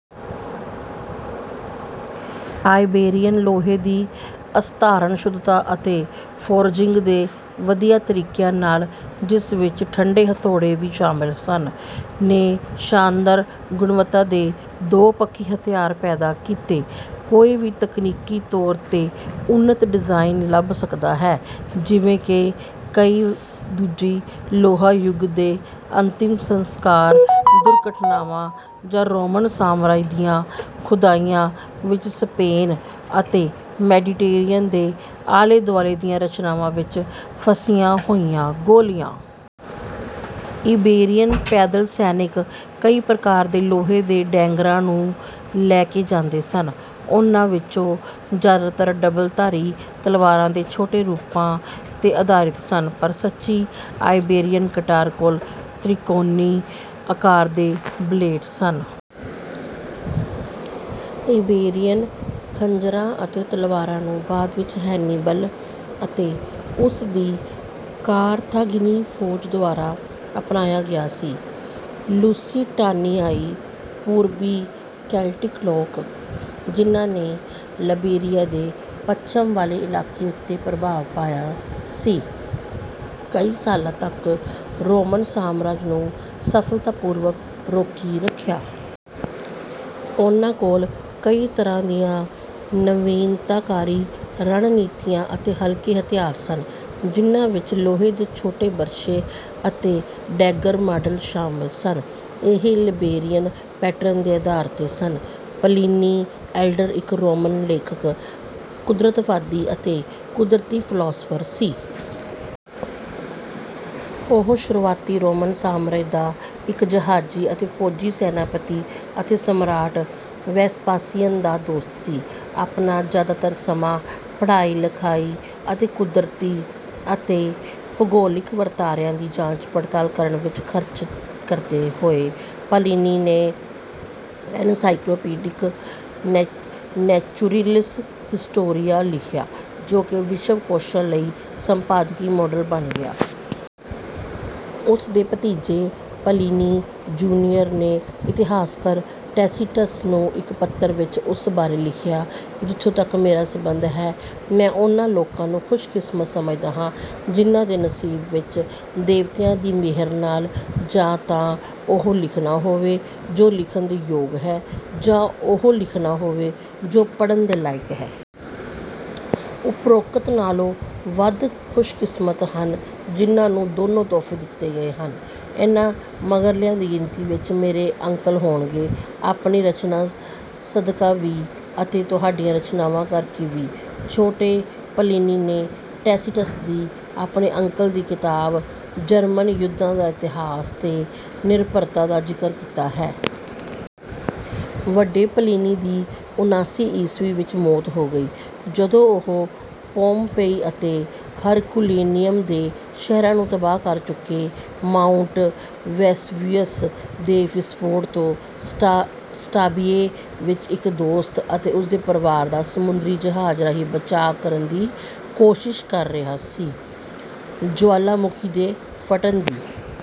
Iberian ਲੋਹੇ ਦੀ ਅਸਧਾਰਨ ਸ਼ੁੱਧਤਾ ਅਤੇ ਫੋਰਜਿੰਗ ਦੇ ਵਧੀਆ ਤਰੀਕਿਆਂ ਨਾਲ, ਜਿਸ ਵਿੱਚ ਠੰਡੇ ਹਥੌੜੇ ਵੀ ਸ਼ਾਮਲ ਸਨ, ਨੇ ਸ਼ਾਨਦਾਰ ਗੁਣਵੱਤਾ ਦੇ ਦੋ-ਪੱਖੀ ਹਥਿਆਰ ਪੈਦਾ ਕੀਤੇ। ਕੋਈ ਵੀ ਤਕਨੀਕੀ ਤੌਰ 'ਤੇ ਉੱਨਤ ਡਿਜ਼ਾਈਨ ਲੱਭ ਸਕਦਾ ਹੈ ਜਿਵੇਂ ਕਿ ਕਈ ਦੂਜੀ ਲੋਹਾ ਯੁੱਗ ਦੇ ਅੰਤਿਮ ਸੰਸਕਾਰ, ਦੁਰਘਟਨਾਵਾਂ ਜਾਂ ਰੋਮਨ ਸਾਮਰਾਜ ਦੀਆਂ ਖੁਦਾਈਆਂ ਵਿੱਚ ਸਪੇਨ ਅਤੇ ਮੈਡੀਟੇਰੀਅਨ ਦੇ ਆਲੇ-ਦੁਆਲੇ ਦੀਆਂ ਰਚਨਾਵਾਂ ਵਿੱਚ ਫਸੀਆਂ ਹੋਈਆਂ ਗੋਲੀਆਂ। ਇਬੇਰੀਅਨ ਪੈਦਲ ਸੈਨਿਕ ਕਈ ਪ੍ਰਕਾਰ ਦੇ ਲੋਹੇ ਦੇ ਡੈਗਰਾਂ ਨੂੰ ਲੈ ਕੇ ਜਾਂਦੇ ਸਨ। ਉਨ੍ਹਾਂ ਵਿੱਚੋਂ ਜ਼ਿਆਦਾਤਰ ਡਬਲ-ਧਾਰੀ ਤਲਵਾਰਾਂ ਦੇ ਛੋਟੇ ਰੂਪਾਂ 'ਤੇ ਆਧਾਰਿਤ ਸਨ, ਪਰ ਸੱਚੀ ਆਇਬੇਰੀਅਨ ਕਟਾਰ ਕੋਲ ਤਿਕੋਣੀ ਆਕਾਰ ਦੇ ਬਲੇਡ ਸਨ। ਇਬੇਰੀਅਨ ਖੰਜਰਾਂ ਅਤੇ ਤਲਵਾਰਾਂ ਨੂੰ ਬਾਅਦ ਵਿੱਚ ਹੈਨੀਬਲ ਅਤੇ ਉਸ ਦੀ ਕਾਰਥਾਗਿਨੀ ਫੌਜ ਦੁਆਰਾ ਅਪਣਾਇਆ ਗਿਆ ਸੀ। ਲੂਸੀਟਾਨੀਆਈ, ਪੂਰਬੀ ਕੈਲਟਿਕ ਲੋਕ ਜਿਨ੍ਹਾਂ ਨੇ ਇਬੇਰੀਆ ਦੇ ਪੱਛਮ ਵਾਲੇ ਇਲਾਕੇ ਉੱਤੇ ਪ੍ਰਭਾਵ ਪਾਇਆ ਸੀ, ਕਈ ਸਾਲਾਂ ਤੱਕ ਰੋਮਨ ਸਾਮਰਾਜ ਨੂੰ ਸਫਲਤਾਪੂਰਵਕ ਰੋਕੀ ਰੱਖਿਆ। ਉਨ੍ਹਾਂ ਕੋਲ ਕਈ ਤਰ੍ਹਾਂ ਦੀਆਂ ਨਵੀਨਤਾਕਾਰੀ ਰਣਨੀਤੀਆਂ ਅਤੇ ਹਲਕੇ ਹਥਿਆਰ ਸਨ, ਜਿਨ੍ਹਾਂ ਵਿੱਚ ਲੋਹੇ ਦੇ ਛੋਟੇ ਬਰਛੇ ਅਤੇ ਡੈਗਰ ਮਾਡਲ ਸ਼ਾਮਲ ਸਨ। ਇਹ ਇਬੇਰੀਅਨ ਪੈਟਰਨ ਦੇ ਆਧਾਰ 'ਤੇ ਸਨ। ਪਲੀਨੀ ਐਲਡਰ ਇੱਕ ਰੋਮਨ ਲੇਖਕ, ਕੁਦਰਤਵਾਦੀ ਅਤੇ ਕੁਦਰਤੀ ਫ਼ਿਲਾਸਫ਼ਰ ਸੀ। ਉਹ ਸ਼ੁਰੂਆਤੀ ਰੋਮਨ ਸਾਮਰਾਜ ਦਾ ਇੱਕ ਜਹਾਜ਼ੀ ਅਤੇ ਫੌਜੀ ਸੈਨਾਪਤੀ ਅਤੇ ਸਮਰਾਟ ਵੇਸਪਾਸੀਅਨ ਦਾ ਦੋਸਤ ਸੀ। ਆਪਣਾ ਜ਼ਿਆਦਾਤਰ ਸਮਾਂ ਪੜ੍ਹਾਈ, ਲਿਖਾਈ ਅਤੇ ਕੁਦਰਤੀ ਅਤੇ ਭੂਗੋਲਿਕ ਵਰਤਾਰਿਆਂ ਦੀ ਜਾਂਚ-ਪੜਤਾਲ ਕਰਨ ਵਿੱਚ ਖ਼ਰਚ ਕਰਦੇ ਹੋਏ, ਪਲੀਨੀ ਨੇ ਐਨਸਾਈਕਲੋਪੀਡਿਕ ਨੈਚੁਰੈਲਿਸ ਹਿਸਟੋਰੀਆ ਲਿਖਿਆ, ਜੋ ਕਿ ਵਿਸ਼ਵ ਕੋਸ਼ਾਂ ਲਈ ਸੰਪਾਦਕੀ ਮਾਡਲ ਬਣ ਗਿਆ। ਉਸ ਦੇ ਭਤੀਜੇ, ਪਲੀਨੀ ਜੂਨੀਅਰ ਨੇ ਇਤਿਹਾਸਕਾਰ ਟੈਸੀਟਸ ਨੂੰ ਇੱਕ ਪੱਤਰ ਵਿੱਚ ਉਸ ਬਾਰੇ ਲਿਖਿਆ: "ਜਿੱਥੋਂ ਤੱਕ ਮੇਰਾ ਸੰਬੰਧ ਹੈ, ਮੈਂ ਉਹਨਾਂ ਲੋਕਾਂ ਨੂੰ ਖੁਸ਼ਕਿਸਮਤ ਸਮਝਦਾ ਹਾਂ ਜਿਨ੍ਹਾਂ ਦੇ ਨਸੀਬ ਵਿੱਚ ਦੇਵਤਿਆਂ ਦੀ ਮਿਹਰ ਨਾਲ, ਜਾਂ ਤਾਂ ਉਹ ਲਿਖਣਾ ਹੋਵੇ ਜੋ ਲਿਖਣ ਦੇ ਯੋਗ ਹੈ, ਜਾਂ ਉਹ ਲਿਖਣਾ ਹੋਵੇ ਜੋ ਪੜ੍ਹਨ ਦੇ ਲਾਇਕ ਹੈ। ਉਪਰੋਕਤ ਨਾਲੋਂ ਵੱਧ ਖੁਸ਼ਕਿਸਮਤ ਹਨ ਜਿਨ੍ਹਾਂ ਨੂੰ ਦੋਨੋਂ ਤੋਹਫ਼ੇ ਦਿੱਤੇ ਗਏ ਹਨ। ਇਨ੍ਹਾਂ ਮਗਰਲਿਆਂ ਦੀ ਗਿਣਤੀ ਵਿੱਚ ਮੇਰੇ ਅੰਕਲ ਹੋਣਗੇ, ਆਪਣੀ ਰਚਨਾ ਸਦਕਾ ਵੀ ਅਤੇ ਤੁਹਾਡੀਆਂ ਰਚਨਾਵਾਂ ਕਰਕੇ ਵੀ।" ਛੋਟੇ ਪਲੀਨੀ ਨੇ ਟੈਸੀਟਸ ਦੀ ਆਪਣੇ ਅੰਕਲ ਦੀ ਕਿਤਾਬ, ਜਰਮਨ ਯੁੱਧਾਂ ਦਾ ਇਤਿਹਾਸ 'ਤੇ ਨਿਰਭਰਤਾ ਦਾ ਜ਼ਿਕਰ ਕੀਤਾ ਹੈ। ਵੱਡੇ ਪਲੀਨੀ ਦੀ ਉਨ੍ਹਾਂਸੀ ਈਸਵੀ ਵਿੱਚ ਮੌਤ ਹੋ ਗਈ, ਜਦੋਂ ਉਹ ਪੋਮਪੇਈ ਅਤੇ ਹਰਕੁਲੇਨੀਅਮ ਦੇ ਸ਼ਹਿਰਾਂ ਨੂੰ ਤਬਾਹ ਕਰ ਚੁੱਕੇ ਮਾਊਂਟ ਵੇਸੂਵੀਅਸ ਦੇ ਵਿਸਫੋਟ ਤੋਂ ਸਟਾਬੀਏ ਵਿੱਚ ਇੱਕ ਦੋਸਤ ਅਤੇ ਉਸ ਦੇ ਪਰਿਵਾਰ ਦਾ ਸਮੁੰਦਰੀ ਜਹਾਜ਼ ਰਾਹੀਂ ਬਚਾਅ ਕਰਨ ਦੀ ਕੋਸ਼ਿਸ਼ ਕਰ ਰਿਹਾ ਸੀ। ਜੁਆਲਾਮੁਖੀ ਦੇ ਫਟਣ ਦੀ